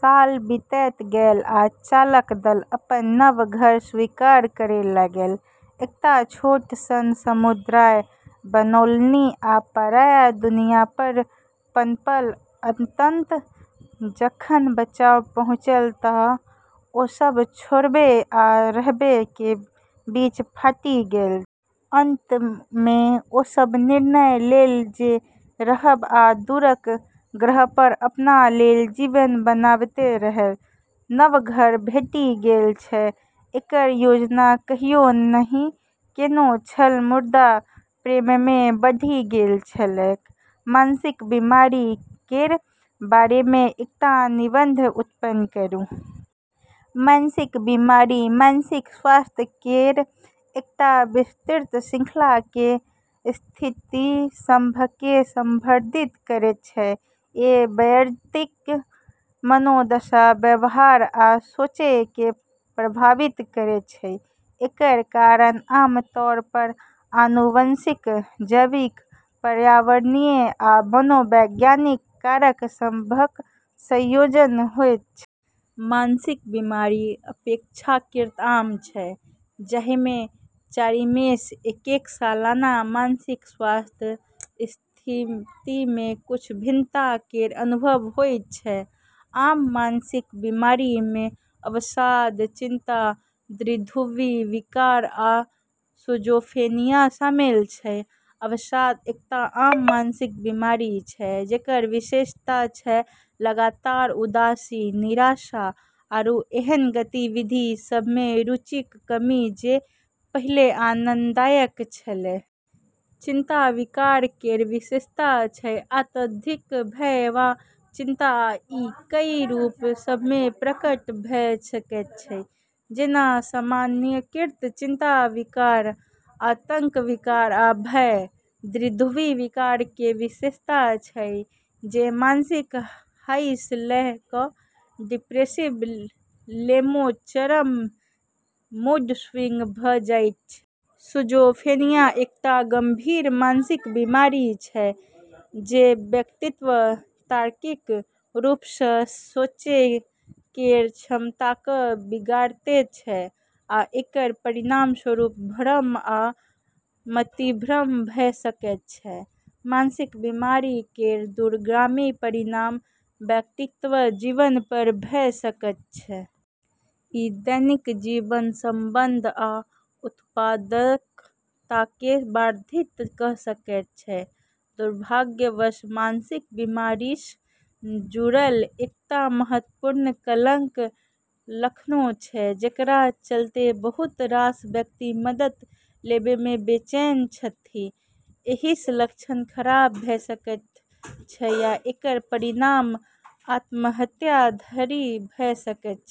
साल बीतैत गेल आ चालक दल अपन नव घर स्वीकार करै लगल। एकटा छोट सन समुदाय बनौलनि आ पराया दुनियापर पनपल। अंततः जखन बचाव पहुँचल तऽ ओ सब छोड़बै आ रहबै के बीच फाटि गेल छल। अंतमे ओ सब निर्णय लेलक जे रहब आ दूरक ग्रहपर अपना लेल जीवन बनाबैत रहब। नव घर भेटि गेल छलैक, जकर योजना कहियो नहि केने छल मुदा प्रेममे बढ़ि गेल छलैक। मानसिक बीमारी केर बारेमे एकटा निबंध उत्पन्न करू। मानसिक बीमारी मानसिक स्वास्थ्य केर एकटा विस्तृत श्रृंखला केर स्थितिसभकेँ संदर्भित करैत छै जे व्यक्तिक मनोदशा, व्यवहार आ सोचकेँ प्रभावित करैत छै। एकर कारण आमतौरपर आनुवंशिक, जैविक, पर्यावरणीय आ मनोवैज्ञानिक कारक सभक संयोजन होइत छै। मानसिक बीमारी अपेक्षाकृत आम छै, जाहिमे चारिमेसँ एककेँ सालाना मानसिक स्वास्थ्य स्थितिमे किछु भिन्नता केर अनुभव होइत छै। आम मानसिक बीमारीमे अवसाद, चिंता, द्विध्रुवी विकार, आ सिजोफ्रेनिया शामिल छै। अवसाद एकटा आम मानसिक बीमारी छै जेकर विशेषता छै लगातार उदासी, निराशा, आरू एहन गतिविधि सभमे रुचिक कमी जे पहिने आनंददायक छलै। चिंता विकार केर विशेषता छै अत्यधिक भय वा चिंता आ ई कई रूप सभमे प्रकट भऽ सकैत छै जेना सामान्यीकृत चिंता विकार, आतंक विकार, आ भय। द्विध्रुवी विकार केर विशेषता छै जे मैनिक हाईसँ लऽ कऽ डिप्रेसिव लोमे चरम मूड स्विंग भऽ जाइत छै। सिजोफ्रेनिया एकटा गंभीर मानसिक बीमारी छै जे व्यक्तिक तार्किक रूपसँ सोचै केर क्षमताकेँ बिगाड़ैत छै आ एकर परिणामस्वरूप भ्रम आ मतिभ्रम भऽ सकैत छै। मानसिक बीमारी केर दूरगामी परिणाम व्यक्तिक जीवनपर भऽ सकैत छै। ई दैनिक जीवन, संबंध, आ उत्पादकताकेँ बाधित कऽ सकैत छै। दुर्भाग्यवश, मानसिक बीमारीसँ जुड़ल एकटा महत्वपूर्ण कलंक अखनो छै, जेकरा चलैत बहुत रास व्यक्ति मदद लेबैसँ बचैत छथि। एहिसँ लक्षण खराब भऽ सकैत अछि आ एकर परिणाम आत्महत्या धरि भऽ सकैत अछि।